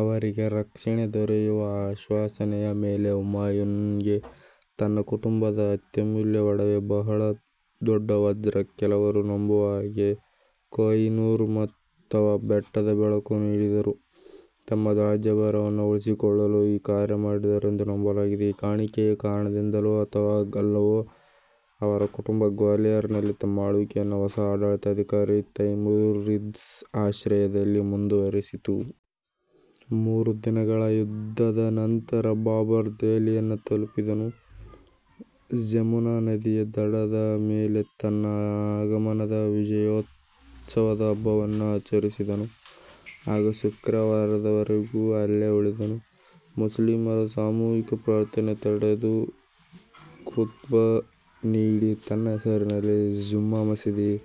ಅವರಿಗೆ ರಕ್ಷಣೆ ದೊರೆಯುವ ಆಶ್ವಾಸನೆಯ ಮೇಲೆ, ಹುಮಾಯುನ್ ನಿಗೆ, ತನ್ನ ಕುಟುಂಬದ ಅತ್ಯಮೂಲ್ಯ ಒಡವೆ, ಬಹಳ ದೊಡ್ಡ ವಜ್ರ, ಕೆಲವರು ನಂಬುವ ಹಾಗೆ ಕೊಹ್ -ಇ -ನೂರ್ ಅಥವಾ "ಬೆಟ್ಟದ ಬೆಳಕು 'ನ್ನು ನೀಡಿದರು. ತಮ್ಮ ರಾಜ್ಯಭಾರವನ್ನು ಉಳಿಸಿಕೊಳ್ಳಲು ಈ ಕಾರ್ಯ ಮಾಡಿದರು ಎಂದು ನಂಬಲಾಗಿದೆ. ಈ ಕಾಣಿಕೆಯ ಕಾರಣದಿಂದಲೋ ಅಥವಾ ಅಲ್ಲವೋ, ಅವರ ಕುಟುಂಬ ಗ್ವಾಲಿಯರ್ ನಲ್ಲಿ, ತಮ್ಮ ಆಳ್ವಿಕೆಯನ್ನು ಹೊಸ ಆಡಳಿತಾಧಿಕಾರಿ ತೈಮುರಿದ್ಸ್ ಆಶ್ರಯದಲ್ಲಿ ಮುಂದುವರಿಸಿತು. ಮೂರು ದಿನಗಳ ಯುದ್ಧದ ನಂತರ ಬಾಬರ್, ದೆಹಲಿಯನ್ನು ತಲುಪಿದನು. ಜಮುನಾ ನದಿ ಯ ದಡದ ಮೇಲೆ ತನ್ನ ಆಗಮನದ ವಿಜಯೋತ್ಸವದ ಹಬ್ಬವನ್ನು ಆಚರಿಸಿದನು. ಹಾಗೂ ಶುಕ್ರವಾರದ ವರೆವಿಗೂ ಅಲ್ಲೇ ಉಳಿದನು, ಮುಸ್ಲಿಮರ ಸಾಮೂಹಿಕ ಪ್ರಾರ್ಥನೆ ನಡೆದು, ಖುತ್ಬ ನೀಡಿ, ತನ್ನ ಹೆಸರಿನಲ್ಲಿ ಜುಮ್ಮಾ ಮಸೀದಿ ಯಲ್ಲಿ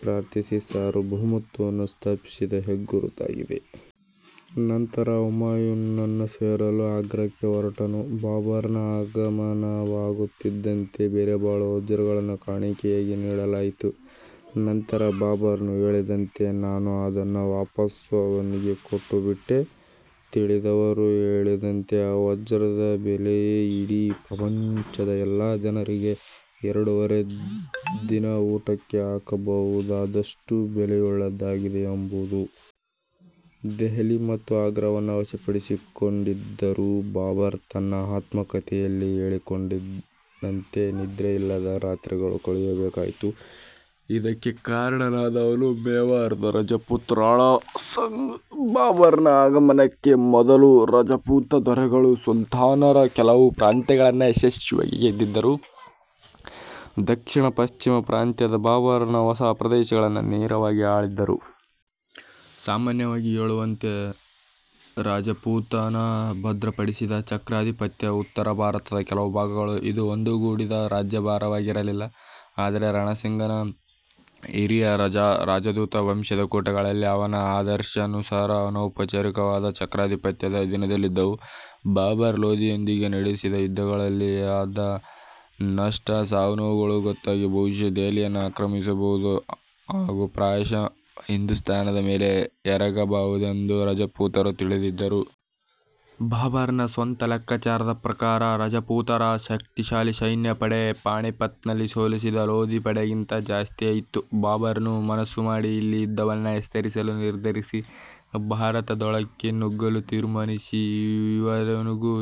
ಪ್ರಾರ್ಥಿಸಿ, ಸಾರ್ವಭೌಮತ್ವವನ್ನು ಸ್ಥಾಪಿಸಿದ ಹೆಗ್ಗುರುತಾಗಿದೆ. ನಂತರ ಹುಮಾಯುನ್ ನನ್ನು ಸೇರಲು ಆಗ್ರಾಕ್ಕೆ ಹೊರಟನು. ಬಾಬರ್ ನ ಆಗಮನವಾಗುತ್ತಿದ್ದಂತೆ, ಬೆಲೆ ಬಾಳುವ ವಜ್ರಗಳನ್ನು ಕಾಣಿಕೆಯಾಗಿ ನೀಡಲಾಯಿತು, ನಂತರ ಬಾಬರನು ಹೇಳಿದಂತೆ,"ನಾನು ಅದನ್ನು ವಾಪಸ್ಸು ಅವನಿಗೆ ಕೊಟ್ಟುಬಿಟ್ಟೆ. " ತಿಳಿದವರು ಹೇಳಿದಂತೆ ಆ ವಜ್ರದ ಬೆಲೆಯೇ " ಇಡೀ ಪ್ರಪಂಚದ ಎಲ್ಲಾ ಜನರಿಗೆ ಎರಡೂವರೆ ದಿನ ಊಟಕ್ಕೆ ಹಾಕಬಹುದಾದಷ್ಟು ಬೆಲೆಯುಳ್ಳದ್ದಾಗಿದೆ "ಎಂಬುದು. ದೆಹಲಿ ಮತ್ತು ಆಗ್ರಾವನ್ನು ವಶಪಡಿಸಿಕೊಂದರೂ, ಬಾಬರ್ ತನ್ನ ಆತ್ಮ ಕಥೆಯಲ್ಲಿ ಹೇಳಿಕೊಂಡಂತೆ ನಿದ್ರೆಯಿಲ್ಲದ ರಾತ್ರಿಗಳನ್ನು ಕಳೆಯಬೇಕಾಯಿತು. ಇದಕ್ಕೆ ಕಾರಣನಾದವನು ಮೇವಾರ್ ದ ರಜಪೂತ ರಾಜ ರಣ ಸಂಗ. ಬಾಬರ್ ನ ಆಗಮನಕ್ಕೆ ಮೊದಲು; ರಜಪೂತ ದೊರೆಗಳು, ಸುಲ್ತಾನರ ಕೆಲವು ಪ್ರಾಂತ್ಯಗಳನ್ನು ಯಶಸ್ವಿಯಾಗಿ ಗೆದ್ದಿದ್ದರು. ದಕ್ಷಿಣ -ಪಶ್ಚಿಮ ಪ್ರಾಂತ್ಯದ ಬಾಬರ್ ನ ಹೊಸ ಪ್ರದೇಶಗಳನ್ನು ನೇರವಾಗಿ ಆಳಿದ್ದರು. ಸಾಮಾನ್ಯವಾಗಿ ಹೇಳುವಂತೆ, ರಾಜಪುತಾನಭದ್ರಪಡಿಸಿದ ಚಕ್ರಾಧಿಪತ್ಯದ ಉತ್ತರ ಭಾರತದ ಕೆಲವು ಭಾಗಗಳು. ಇದು ಒಂದುಗೂಡಿದ ರಾಜ್ಯಭಾರವಾಗಿರಲಿಲ್ಲ, ಆದರೆ ರಣಸಂಗನ ಹಿರಿಯ ರಾಜದೂತ ವಂಶದ ಕೂಟಗಳಲ್ಲಿ ಅವನ ಆದರ್ಶಾನುಸಾರ, ಅನೌಪಚಾರಿಕವಾದ ಚಕ್ರಾಧಿಪತ್ಯದ ಅಧೀನದಲ್ಲಿದ್ದವು. ಬಾಬರ್ ಲೋದಿಯೊಂದಿಗೆ ನಡೆಸಿದ ಯುದ್ಧದಲ್ಲಿ ಆದ ನಷ್ಟ, ಸಾವು-ನೋವುಗಳು ಗೊತ್ತಾಗಿ, ಬಹುಶಃ ದೆಹಲಿಯನ್ನು ಆಕ್ರಮಿಸಬಹುದು ಹಾಗು ಪ್ರಾಯಶಃ ಹಿಂದುಸ್ತಾನ್ ದ ಮೇಲೆ, ಎರಗಬಹುದೆಂದು ರಜಪೂತರು ತಿಳಿದಿದ್ದರು. ಬಾಬರ್ ನ ಸ್ವಂತ ಲೆಕ್ಕಾಚಾರದ ಪ್ರಕಾರ ರಜಪೂತರ ಶಕ್ತಿಶಾಲಿ ಸೈನ್ಯ ಪಡೆ, ಪಾಣಿಪಟ್ ನಲ್ಲಿ ಸೋಲಿಸಿದ ಲೋದಿ ಪಡೆಗಿಂತ ಜಾಸ್ತಿಯೇ ಇತ್ತು.. ಬಾಬರನು ಮನಸ್ಸು ಮಾಡಿ ಇಲ್ಲಿ ಯುದ್ಧವನ್ನು ವಿಸ್ತರಿಸಲು ನಿರ್ಧರಿಸಿ, ಭಾರತದೊಳಕ್ಕೆ ನುಗ್ಗಲು ತೀರ್ಮಾನಿಸಿ, ಈವರೆವಿಗೂ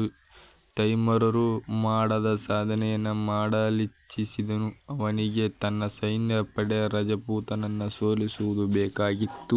ತೈಮೂರರು ಮಾಡದ ಸಾಧನೆಯನ್ನು ಮಾಡಲಿಚ್ಚಿಸಿದನು. ಅವನಿಗೆ ತನ್ನ ಸೈನ್ಯ ಪಡೆ ರಜಪೂತರನ್ನು ಸೋಲಿಸುವುದು ಬೇಕಾಗಿತ್ತು.